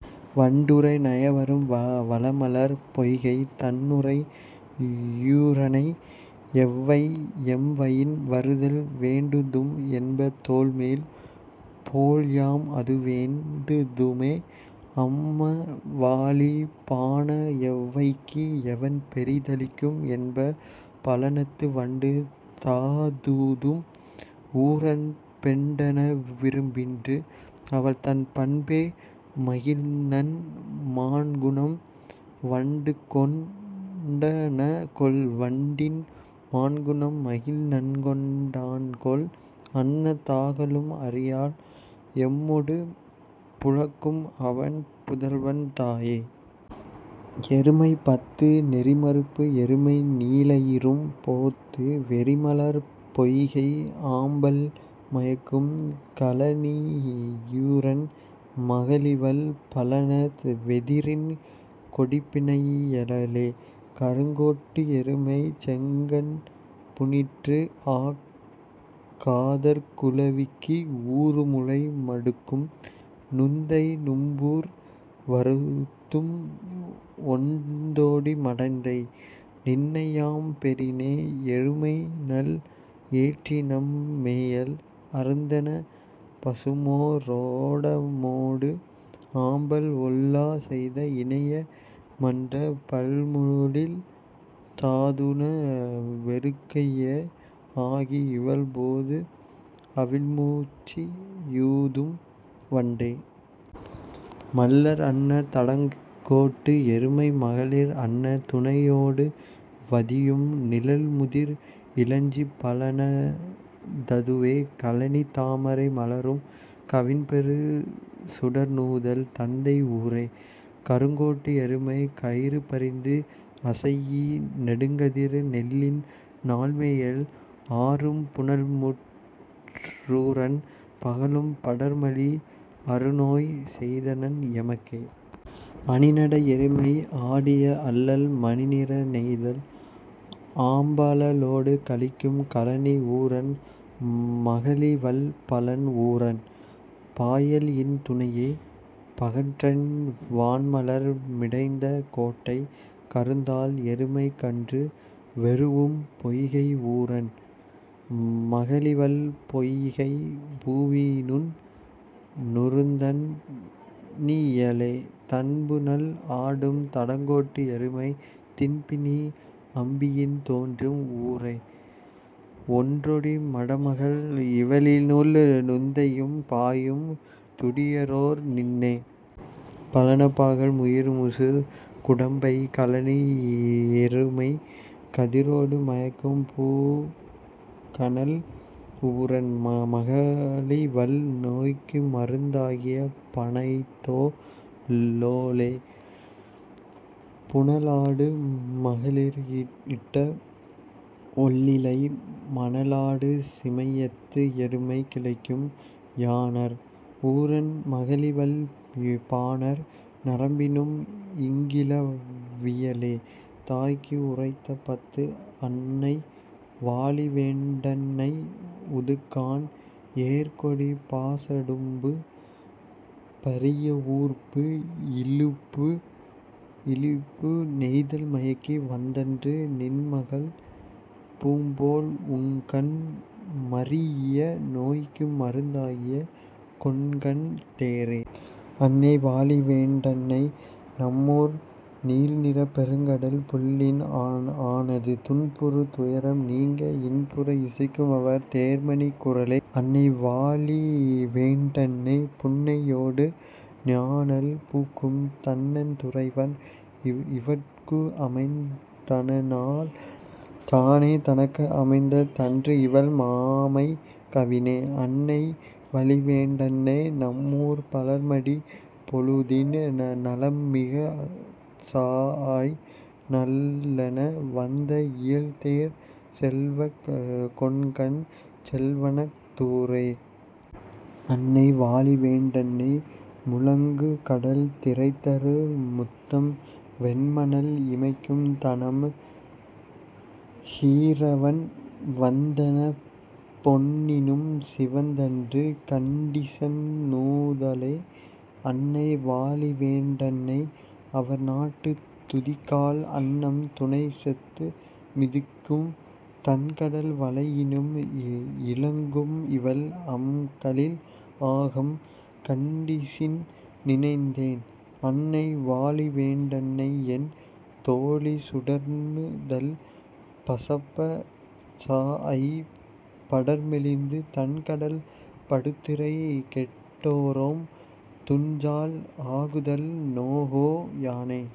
வண்டுறை நயவரும் வளமலர்ப் பொய்கைத் தண்துறை யூரனை எவ்வை எம்வயின் வருதல் வேண்டுதும் என்ப தொல்லேம் போல்யாம் அதுவேண் டுதுமே. அம்மவாழி பாண எவ்வைக்கு எவன் பெரி தளிக்கும் என்ப பழனத்து வண்டு தாதூதும் ஊரன் பெண்டென விரும்பின்று அவள்தன் பண்பே. மகிழ்நன் மாண்குணம் வண்டுகொண் டனகொல் வண்டின் மாண்குணம் மகிழ்நன்கொண் டான்கொல் அன்ன தாகலும் அறியாள் எம்மொடு புலக்கும்அவன் புதல்வன் தாயே.. எருமைப் பத்து நெறிமருப்பு எருமை நீலைரும் போத்து வெறிமலர்ப் பொய்கை ஆம்பல் மயக்கும் கழனியூரன் மகளிவள் பழன வெதிரின் கொடிப்பிணை யலளே. கருங்கோட்டு எருமைச் செங்கண் புனிற்றுஆக் காதற் குழவிக்கு ஊறுமுலை மடுக்கும் நுந்தை நும்மூர் வருதும் ஒண்தொடி மடந்தை நின்னையாம் பெறினே. எருமைநல் ஏற்றினம் மேயல் அருந்தெனப் பசுமோ ரோடமோடு ஆம்பல் ஒல்லா செய்த இனைய மன்ற பல்பொழில் தாதுண வெறுக்கைய ஆகி இவள் போதுஅவிழ் முச்சி யூதும் வண்டே. மள்ளர் அன்ன தடங்கோட்டு எருமை மகளிர் அன்ன துணையோடு வதியும் நிழல்முதிர் இலஞ்சிப் பழனத் ததுவே கழனித் தாமரை மலரும் கவின்பெறு சுடர்நூதல் தந்தை ஊரே. கருங்கோட்டு எருமை கயிறுபரிந்து அசைஇ நெடுங்கதிர் நெல்லின் நாள்மேயல் ஆரும் புனல்முற் றூரன் பகலும் படர்மலி அருநோய் செய்தனன் எமக்கே. அணிநடை எருமை ஆடிய அள்ளல் மணிநிற நெய்தல் ஆமபலொடு கலிக்கும் கழனி ஊரன் மகளிவள் பழன் ஊரன் பாயல்இன் துணையே. பகன்றை வான்மலர் மிடைந்த கோட்டைக் கருந்தாள் எருமைக் கன்று வெரூஉம் பொய்கை ஊரன் மகளிவள் பொய்கைப் பூவினும் நறுந்தண் ணியளே. தண்புணல் ஆடும் தடங்கோட்டு எருமை திண்பிணி அம்பியின் தோன்றும் ஊர ஒண்டொடி மடமகள் இவளினும் நுந்தையும் யாயும் துடியரோ நின்னே. பழனப் பாகல் முயிறுமூசு குடம்பை கழனி யெருமை கதிரொடு மயக்கும் பூக்கஞல் ஊரன் மகளிவள் நோய்க்குமருந் தாகிய பணைத்தோ ளோளே. புனலாடு மகளிர் இட்ட ஒள்ளிழை மணலாடு சிமையத்து எருமை கிளைக்கும் யாணர் ஊரன் மகளிவள் பாணர் நரம்பினும் இன்கிள வியளே..தாய்க்கு உரைத்த பத்து. அன்னை வாழிவேண் டன்னை உதுக்காண் ஏர்கொடிப் பாசடும்பு பரியஊர்பு இழிபு நெய்தல் மயக்கி வந்தன்று நின்மகள் பூப்போல் உண்கண் மரீஇய நோய்க்குமருந் தாகிய கொண்கன் தேரே. அன்னை வாழிவேண் டன்னை நம்மூர் நீல்நிறப் பெருங்கடல் புள்ளின் ஆனாது துன்புறு துயரம் நீங்க இன்புற இசைக்கும் அவர் தேர்மணிக் குரலே. அன்னை வாழிவேண் டன்னை புன்னையொடு ஞாழல் பூக்கும் தண்ணந் துறைவன் இவட்குஅமைந் தனெனால் தானே தனக்கு அமைந்த தன்றுஇவள் மாமைக் கவினே. அன்னை வழிவேண் டன்னை நம்மூர்ப் பலர்மடி பொழுதின் நலம்மிகச் சாஅய் நள்ளென வந்த இயல்தேர்ச் செல்வக் கொண்கன் செல்வனஃ தூரே. அன்னை வாழிவேண் டன்னை முழங்குகடல் திரைதரு முத்தம் வெண்மணல் இமைக்கும் தணம் த்ஹுறவன் வந்தெனப் பொன்னினும் சிவந்தன்று கண்டிசின் நூதலே. அன்னை வாழிவேண் டன்னை அவர்நாட்டுத் துதிக்கால் அன்னம் துணைசெத்து மிதிக்கும் தன்கடல் வளையினும் இலங்கும்இவள் அம்கலிழ் ஆகம் கண்டிசின் நினைந்தே. அன்னை வாழிவேண் டன்னைஎன் தோழி சுடர்நுதல் பசப்பச் சாஅய்ப் படர்மெலிந்து தண்கடல் படுதிரை கேட்டொறும் துஞ்சாள் ஆகுதல் நோகோ யானே.